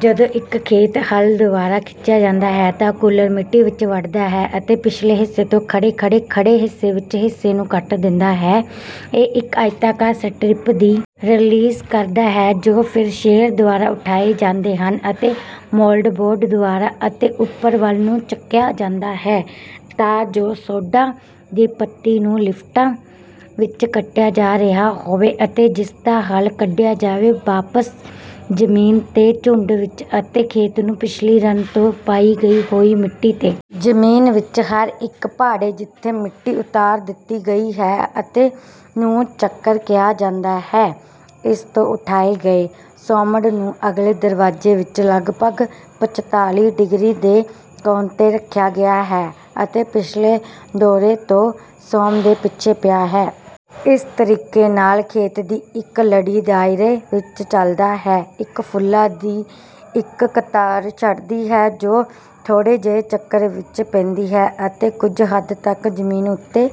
ਜਦੋਂ ਇੱਕ ਖੇਤ ਹਲ ਦੁਆਰਾ ਖਿੱਚਿਆ ਜਾਂਦਾ ਹੈ ਤਾਂ ਕੂਲਰ ਮਿੱਟੀ ਵਿੱਚ ਵੱਢਦਾ ਹੈ ਅਤੇ ਪਿਛਲੇ ਹਿੱਸੇ ਤੋਂ ਖੜ੍ਹੇ ਖੜ੍ਹੇ ਖੜ੍ਹੇ ਹਿੱਸੇ ਵਿੱਚ ਹਿੱਸੇ ਨੂੰ ਕੱਟ ਦਿੰਦਾ ਹੈ। ਇਹ ਇੱਕ ਆਇਤਾਕਾਰ ਸਟਰਿੱਪ ਦੀ ਰਿਲੀਜ਼ ਕਰਦਾ ਹੈ ਜੋ ਫਿਰ ਸ਼ੇਅਰ ਦੁਆਰਾ ਉਠਾਏ ਜਾਂਦੇ ਹਨ ਅਤੇ ਮੋਲਡਬੋਰਡ ਦੁਆਰਾ ਅਤੇ ਉੱਪਰ ਵੱਲ ਨੂੰ ਚੁੱਕਿਆ ਜਾਂਦਾ ਹੈ ਤਾਂ ਜੋ ਸੋਢਾ ਦੀ ਪੱਤੀ ਨੂੰ ਲਿਫਟਾਂ ਵਿੱਚ ਕੱਟਿਆ ਜਾ ਰਿਹਾ ਹੋਵੇ ਅਤੇ ਜਿਸਦਾ ਹਲ ਕੱਢਿਆ ਜਾਵੇ ਵਾਪਸ ਜ਼ਮੀਨ ਤੇ ਝੁੰਡ ਵਿੱਚ ਅਤੇ ਖੇਤ ਨੂੰ ਪਿਛਲੀ ਰਨ ਤੋਂ ਪਈ ਹੋਈ ਮਿੱਟੀ ਤੇ। ਜ਼ਮੀਨ ਵਿੱਚ ਹਰ ਇੱਕ ਪਾੜੇ ਜਿੱਥੇ ਮਿੱਟੀ ਉਤਾਰ ਦਿੱਤੀ ਗਈ ਹੈ ਅਤੇ ਨੂੰ ਚੱਕਰ ਕਿਹਾ ਜਾਂਦਾ ਹੈ। ਇਸ ਤੋਂ ਉਠਾਏ ਗਏ ਸੋਮੜ ਨੂੰ ਅਗਲੇ ਦਰਵਾਜ਼ੇ ਵਿੱਚ ਲਗਭਗ ਪੰਜਤਾਲੀ ਡਿਗਰੀ ਦੇ ਕੋਣ ਤੇ ਰੱਖਿਆ ਗਿਆ ਹੈ ਅਤੇ ਪਿਛਲੇ ਦੌਰੇ ਤੋਂ ਸੋਮ ਦੇ ਪਿੱਛੇ ਪਿਆ ਹੈ। ਇਸ ਤਰੀਕੇ ਨਾਲ ਖੇਤ ਦੀ ਇੱਕ ਲੜੀ ਦਾਇਰੇ ਵਿੱਚ ਚਲਦਾ ਹੈ ਇੱਕ ਫੁੱਲਾਂ ਦੀ ਇੱਕ ਕਤਾਰ ਛੱਡਦੀ ਹੈ ਜੋ ਥੋੜ੍ਹੇ ਜਿਹੇ ਚੱਕਰ ਵਿੱਚ ਪੈਂਦੀ ਹੈ ਅਤੇ ਕੁਝ ਹੱਦ ਤੱਕ ਜ਼ਮੀਨ ਉੱਤੇ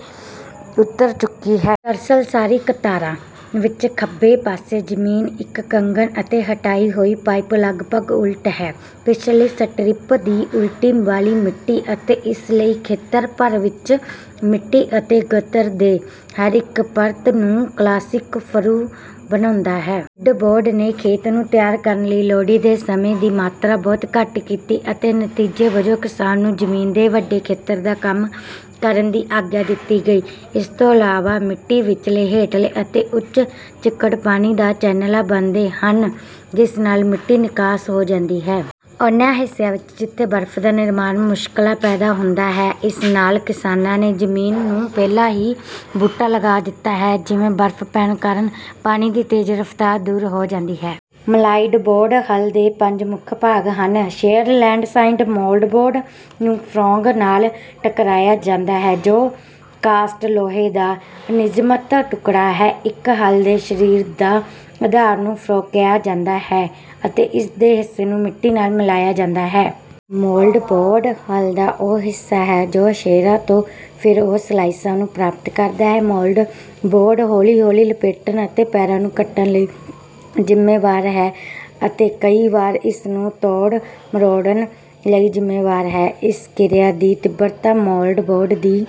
ਉਤਰ ਚੁੱਕੀ ਹੈ। ਦਰਅਸਲ ਸਾਰੀ ਕਤਾਰਾਂ ਵਿੱਚ ਖੱਬੇ ਪਾਸੇ ਜ਼ਮੀਨ ਇੱਕ ਕੰਗਣ ਅਤੇ ਹਟਾਈ ਹੋਈ ਪਈਪ ਲਗਭਗ ਉਲਟ ਹੈ ਪਿਛਲੀ ਸਟਰਿਪ ਦੀ ਉਲਟੀ ਵਾਲੀ ਮਿੱਟੀ ਅਤੇ ਇਸ ਲਈ ਖੇਤਰ ਭਰ ਵਿੱਚ। ਮਿੱਟੀ ਅਤੇ ਗਤਰ ਦੇ ਹਰ ਇੱਕ ਪਰਤ ਨੂੰ ਕਲਾਸਿਕ ਫਰੂ ਬਣਾਉਦਾ ਹੈ। ਮਿੱਡ ਬੋਰਡ ਨੇ ਖੇਤ ਨੂੰ ਤਿਆਰ ਕਰਨ ਲਈ ਲੋੜੀਂਦੇ ਸਮੇਂ ਦੀ ਮਾਤਰਾ ਬਹੁਤ ਘੱਟ ਕੀਤੀ ਅਤੇ ਨਤੀਜੇ ਵਜੋਂ ਕਿਸਾਨ ਨੂੰ ਜ਼ਮੀਨ ਦੇ ਵੱਡੇ ਖੇਤਰ ਦਾ ਕੰਮ ਕਰਨ ਦੀ ਆਗਿਆ ਦਿੱਤੀ ਗਈ। ਇਸ ਤੋਂ ਇਲਾਵਾ ਮਿੱਟੀ ਵਿੱਚਲੇ ਹੇਠਲੇ ਅਤੇ ਉੱਚ ਚਿੱਕੜ ਪਾਣੀ ਦਾ ਚੈਨਲਾਂ ਬਣਦੇ ਹਨ ਜਿਸ ਨਾਲ ਮਿੱਟੀ ਨਿਕਾਸ ਹੋ ਜਾਂਦੀ ਹੈ। ਉਨ੍ਹਾਂ ਹਿੱਸਿਆਂ ਵਿੱਚ ਜਿੱਥੇ ਬਰਫ ਦਾ ਨਿਰਮਾਣ ਮੁਸ਼ਕਲਾਂ ਪੈਦਾ ਹੁੰਦਾ ਹੈ ਇਸ ਨਾਲ ਕਿਸਾਨਾਂ ਨੇ ਜ਼ਮੀਨ ਨੂੰ ਪਹਿਲਾਂ ਹੀ ਬੂਟਾ ਲਗਾ ਦਿੱਤਾ ਹੈ ਜਿਵੇਂ ਬਰਫ ਪੈਣ ਕਾਰਨ ਪਾਣੀ ਦੀ ਤੇਜ਼ ਰਫਤਾਰ ਦੂਰ ਹੋ ਜਾਂਦੀ ਹੈ। ਮਲਾਈਡਬੋਰਡ ਹਲ ਦੇ ਪੰਜ ਮੁੱਖ ਭਾਗ ਹਨ ਸ਼ੇਅਰ ਲੈਂਡਸਾਈਡ ਮੋਲਡ ਬੋਰਡ ਨੂੰ ਫਰੌਗ ਨਾਲ ਟਕਰਾਇਆ ਜਾਂਦਾ ਹੈ ਜੋ ਕਾਸਟ ਲੋਹੇ ਦਾ ਅਨਿਯਮਤ ਟੁਕੜਾ ਹੈ। ਇੱਕ ਹਲ ਦੇ ਸ਼ਰੀਰ ਦਾ ਅਧਾਰ ਨੂੰ ਫਰੌਗ ਕਿਹਾ ਜਾਂਦਾ ਹੈ ਅਤੇ ਇਸਦੇ ਹਿੱਸੇ ਨੂੰ ਮਿੱਟੀ ਨਾਲ ਮਿਲਾਇਆ ਜਾਂਦਾ ਹੈ। ਮੋਲਡਬੋਰਡ ਹਲ ਦਾ ਉਹ ਹਿੱਸਾ ਹੈ ਜੋ ਸ਼ੇਅਰਾਂ ਤੋਂ ਫਰਓ ਸਲਾਇਸਾਂ ਨੂੰ ਪ੍ਰਾਪਤ ਕਰਦਾ ਹੈ। ਮੋਲਡਬੋਰਡ ਹੌਲੀ ਹੌਲੀ ਲਪੇਟਣ ਅਤੇ ਪੈਰਾਂ ਨੂੰ ਕੱਟਣ ਲਈ ਜ਼ਿੰਮੇਵਾਰ ਹੈ ਅਤੇ ਕਈ ਵਾਰ ਇਸ ਨੂੰ ਤੋੜ ਮਰੋੜਨ ਲਈ ਜ਼ਿੰਮੇਵਾਰ ਹੈ। ਇਸ ਕਿਰਿਆ ਦੀ ਤੀਬਰਤਾ ਮੋਲਡਬੋਰਡ ਦੀ